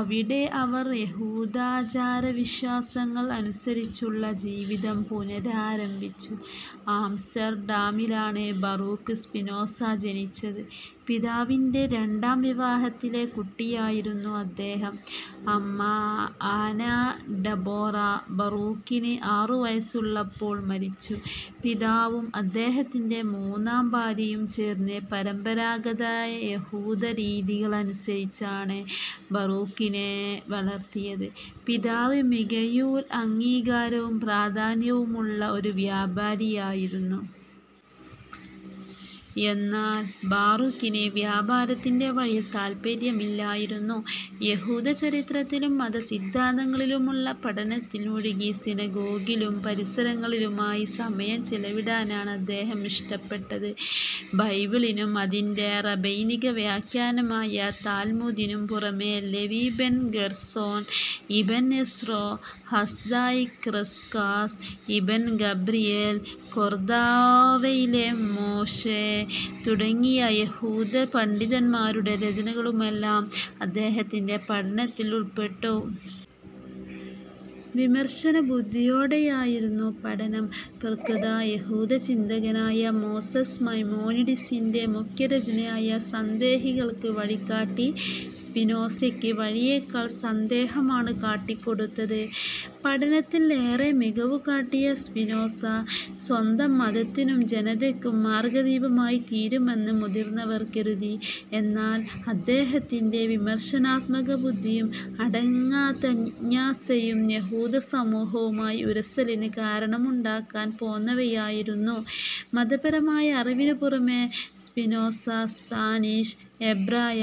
അവിടെ അവർ യഹൂദാചാരവിശ്വാസങ്ങൾ അനുസരിച്ചുള്ള ജീവിതം പുനരാരംഭിച്ചു. ആംസ്റ്റർഡാമിലാണ് ബറൂക്ക് സ്പിനോസ ജനിച്ചത്. പിതാവിന്റെ രണ്ടാം വിവാഹത്തിലെ കുട്ടിയായിരുന്നു അദ്ദേഹം. അമ്മ ആനാ ഡെബോറ, ബറൂക്കിന് ആറുവയസ്സുള്ളപ്പോൾ മരിച്ചു. പിതാവും അദ്ദേഹത്തിന്റെ മൂന്നാം ഭാര്യയും ചേർന്ന് പരമ്പരാഗതയഹൂദരീതികളനുസരിച്ചാണ് ബറൂക്കിനെ വളർത്തിയത്. പിതാവ് മിഗയൂൽ അംഗീകാരവും പ്രാധാന്യവുമുള്ള ഒരു വ്യാപാരിയായിരുന്നു. എന്നാൽ ബാറുക്കിന് വ്യാപാരത്തിന്റെ വഴിയിൽ താത്പര്യമില്ലായിരുന്നു. യഹൂദചരിത്രത്തിലും മതസിദ്ധാന്തങ്ങളിലുമുള്ള പഠനത്തിൽ മുഴുകി സിനഗോഗിലും പരിസരങ്ങളിലുമായി സമയം ചിലവിടാനാണ് അദ്ദേഹം ഇഷ്ടപ്പെട്ടത്. ബൈബിളിനും അതിന്റെ റബൈനികവ്യാഖ്യാനമായ താൽമുദിനും പുറമേ, Levi ben Gerson, Ibn Ezra, Hasdai Crescas, Ibn Gabriel, കൊർദോവയിലെ മോശെ തുടങ്ങിയ യഹൂദപണ്ഡിതന്മാരുടെ രചനകളുമെല്ലാം അദ്ദേഹത്തിന്റെ പഠനത്തിൽ ഉൾപ്പെട്ടു. വിമർശനബുദ്ധിയോടെയായിരുന്നു പഠനം. പ്രഖ്യാതയഹൂദചിന്തകനായ മോസസ് മൈമോനിഡിസിന്റെ മുഖ്യരചനയായ "സന്ദേഹികൾക്ക് വഴികാട്ടി" സ്പിനോസക്ക് വഴിയേക്കാൾ സന്ദേഹമാണ് കാട്ടിക്കൊടുത്തത്. പഠനത്തിൽ ഏറെ മികവുകാട്ടിയ സ്പിനോസ സ്വന്തം മതത്തിനും ജനതക്കും മാർഗ്ഗദീപമായിത്തീരുമെന്ന് മുതിർന്നവർ കരുതി. എന്നാൽ അദ്ദേഹത്തിന്റെ വിമർശനാത്മകബുദ്ധിയും അടങ്ങാത്ത ജിജ്ഞാസയും യഹൂദസമൂഹവുമായി ഉരസലിന് കാരണമുണ്ടാക്കാൻ പോന്നവയായിരുന്നു. മതപരമായ അറിവിനുപുറമേ സ്പിനോസ സ്പാനിഷ്, എബ്രായ,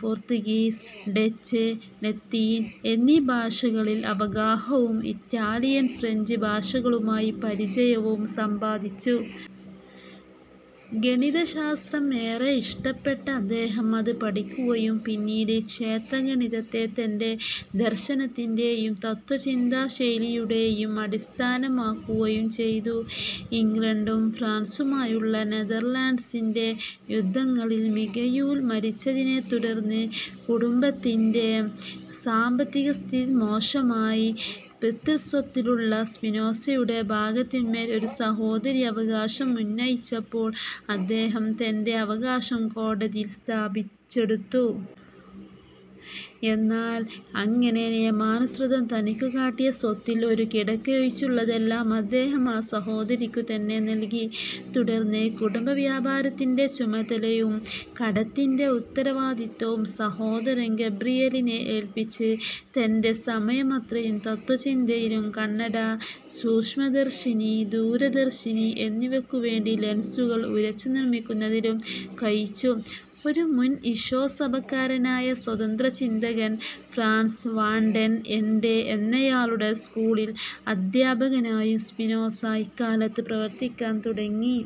പോർത്തുഗീസ്, ഡച്ച്, ലത്തീൻ എന്നീ ഭാഷകളിൽ അവഗാഹവും ഇറ്റാലിയൻ, ഫ്രഞ്ച് ഭാഷകളുമായി പരിചയവും സമ്പാദിച്ചു. ഗണിതശാസ്ത്രം ഏറെ ഇഷ്ടപ്പെട്ട അദ്ദേഹം അത് പഠിക്കുകയും പിന്നീട്, ക്ഷേത്രഗണിതത്തെ തന്റെ ദർശനത്തിന്റേയും തത്ത്വചിന്താശൈലിയുടേയും അടിസ്ഥാനമാക്കുകയും ചെയ്തു. ഇംഗ്ലണ്ടും ഫ്രാൻസുമായുള്ള നെഥർലാൻഡ്സിന്റെ യുദ്ധങ്ങളിൽ മിഗയൂൽ മരിച്ചതിനെ തുടർന്ന് കുടുംബത്തിന്റെ സാമ്പത്തികസ്ഥിതി മോശമായി. പിതൃസ്വത്തിലുള്ള സ്പിനോസയുടെ ഭാഗത്തിന്മേൽ ഒരു സഹോദരി അവകാശം ഉന്നയിച്ചപ്പോൾ അദ്ദേഹം തന്റെ അവകാശം കോടതിയിൽ സ്ഥാപിച്ചെടുത്തു. എന്നാൽ അങ്ങനെ നിയമാനുസൃതം തനിക്കുകിട്ടിയ സ്വത്തിൽ ഒരു കിടക്കയൊഴിച്ചുള്ളതെല്ലാം അദ്ദേഹം ആ സഹോദരിക്കുതന്നെ നൽകി. തുടർന്ന്, കുടുംബവ്യാപാരത്തിന്റെ ചുമതലയും കടത്തിന്റെ ഉത്തരവാദിത്തവും സഹോദരൻ ഗബ്രിയേലിനെ ഏല്പ്പിച്ച് തന്റെ സമയമത്രയും തത്ത്വചിന്തയിലും കണ്ണട, സൂക്ഷ്മദർശിനി, ദൂരദർശിനി എന്നിവക്കുവേണ്ട ലെൻസുകൾ ഉരച്ചുനിർമ്മിക്കുന്നതിലും കഴിച്ചു. ഒരു മുൻ ഈശോസഭക്കാരനായ സ്വതന്ത്രചിന്തകൻ, ഫ്രാൻസ് വാൻഡെൻ എൻഡെ എന്നയാളുടെ സ്കൂളിൽ അദ്ധ്യപകനായും സ്പിനോസ ഇക്കാലത്ത് പ്രവർത്തിക്കാൻ തുടങ്ങി.